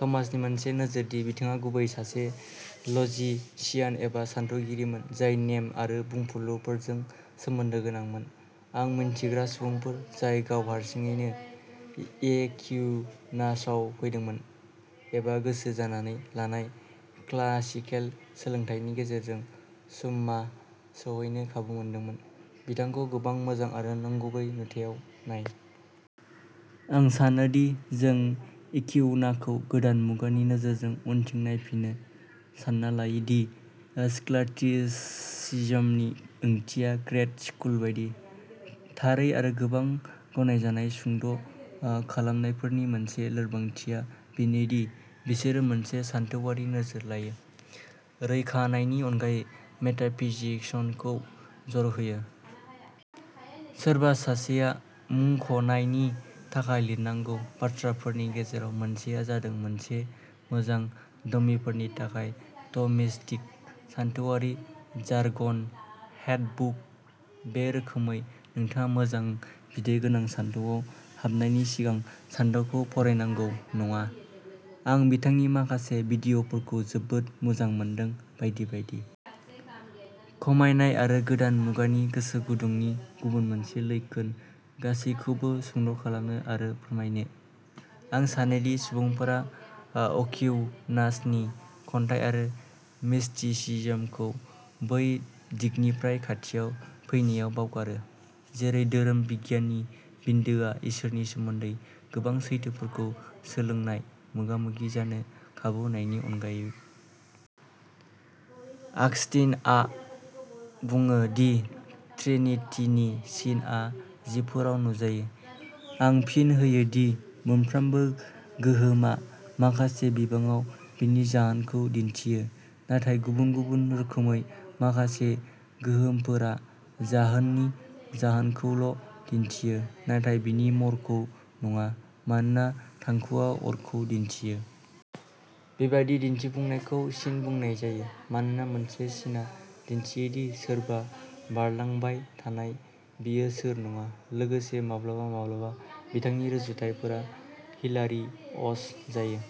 थमासनि मोनसे नोजोर दि बिथाङा गुबैयै सासे लजिशियान एबा सानथौगिरिमोन, जाय नेम आरो बुंफुरलुफोरजों सोमोन्दो गोनांमोन। आं मिन्थिग्रा सुबुंफोर जाय गाव हारसिङैनो एक्विनासाव फैदोंमोन एबा गोसो जानानै लानाय क्लासिकेल सोलोंथायनि गेजेरजों सुम्मा सौहैनो खाबु मोनदोंमोन, बिथांखौ गोबां मोजां आरो नंगुबै नुथायाव नाय। आं सानोदि जों एक्विनाखौ गोदान मुगानि नोजोरजों उनथिं नायफिनो, सानना लायो दि स्कलास्टिसिज्म नि ओंथिया ग्रेड स्कुल बायदि। थारै आरो गोबां गनायजानाय सुंद' ओ खालामनायफोरनि मोनसे लोरबांथिया बेनो दि बिसोरो मोनसे सानथौआरि नोजोर लायो, रैखानायनि अनगायै मेटाफिजिक्सखौ जर होयो। सोरबा सासेया मुंख'नायनि थाखाय लिरनांगौ बाथ्राफोरनि गेजेराव मोनसेआ जादों मोनसे मोजां डमीफोरनि थाखाय थ'मिस्टिक सानथौआरि जार्गन हेन्डबुक। बे रोखोमै, नोंथाङा मोजां बिदै गोनां सानथौआव हाबनायनि सिगां सानथौखौ फरायनांगौ नङा। आं बिथांनि माखासे भिडिय'फोरखौ जोबोद मोजां मोनदों बायदि बायदि। खमायनाय आरो गोदान मुगानि गोसो गुदुंनि गुबुन मोनसे लैखोन गासैबोखौ सुंद' खालामनो आरो फोरमायनो। आं सानो दि सुबुंफोरा अक्विनासनि खन्थाइ आरो मिस्टिसिज्मखौ बै दिगनिफ्राय खाथियाव फैनायाव बावगारो, जेरै धोरोम बिगियाननि बिन्दोआ इसोरनि सोमोन्दै गोबां सैथोफोरखौ सोलोंनाय, मोगा-मोगि जानो खाबु होनायनि अनगायै। आगस्तिनआ बुङो, दि ट्रिनिटीनि सिनआ जिबफोराव नुजायो। आं फिन होयो दि, मोनफ्रोमबो गोहोमआ माखासे बिबाङाव बेनि जाहोनखौ दिन्थियो, नाथाय गुबुन-गुबुन रोखोमै। माखासे गोहोमफोरा जाहोननि जाहोनखौल' दिन्थियो, नाथाय बेनि महरखौ नङा, मानोना थांखुआ अरखौ दिन्थियो। बेबादि दिन्थिफुंनायखौ सिन बुंनाय जायो। मानोना मोनसे सिनआ दिन्थियो दि सोरबा बारलांबाय नाथाय बियो सोर नङा। लोगोसे माब्लाबा-माब्लाबा बिथांनि रुजुथायफोरा हिलारिअस जायो।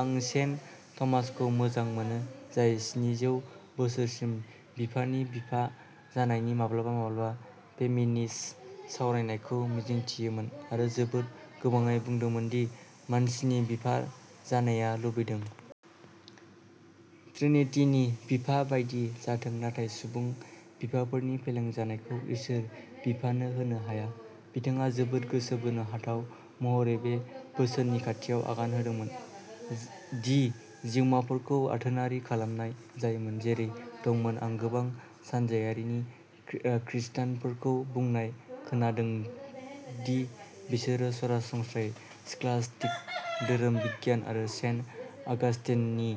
आं सेन्ट थमासखौ मोजां मोनो, जाय स्निजौ बोसोरसिम बिफानि बिफा जानायनि माब्लाबा-माब्लाबा फेमिनिस्ट सावरायनायखौ मिजिंथियोमोन आरो जोबोद गोबाङै बुंदोंमोन दि मानसिनि बिफा जानाया लुबैदों। ट्रिनिटीनि बिफा बायदि जाथों, नाथाय सुबुं बिफाफोरनि फेलें जानायखौ इसोर बिफानो होनो हाया। बिथाङा जोबोद गोसो बोनो हाथाव महरै बे बोसोननि खाथियाव आगान होदोंमोन दि जिउमाफोरखौ आथोनारि खालामनाय जायोमोन, जेरै दंमोन। आं गोबां सानजाआरि खृ ओ खृष्टानफोरखौ बुंनाय खोनादों दि बिसोरो सरासनस्रायै स्कालास्टिक धोरोम बिगियान आरो सेन्ट अगास्टिननि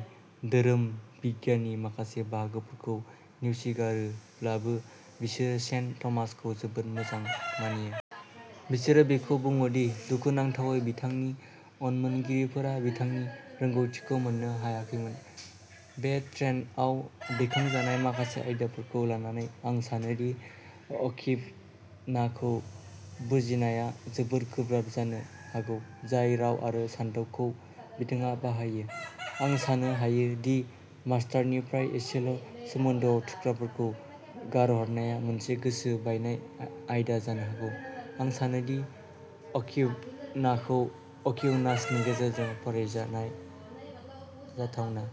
धोरोम बिगियाननि माखासे बाहागोफोरखौ नेवसिगारोब्लाबो, बिसोरो सेन्ट थमासखौ जोबोद मोजां मानियो। बिसोर बेखौबो बुङो दि, दुखुनांथावै, बिथांनि उनमोनगिरिफोरा बिथांनि रोंग'थिखौ मोननो हायाखैमोन। बे थ्रेडआव दैखांजानाय माखासे आयदाफोरखौ लानानै, आं सानो दि अक्विनाखौ बुजिनाया जोबोद गोब्राब जानो हागौ, जाय राव आरो सानथौखौ बिथाङा बाहायो। आं साननो हायो दि मास्टारनिफ्राय एसेल' सोमोन्दोआव थुख्राफोरखौ गारहरनाया मोनसे गोसो बायनाय आयदा जानो हागौ। आं सानो दि अक्विनाखौ अक्विनासनि गेजेरजों फरायनाया जाथावना।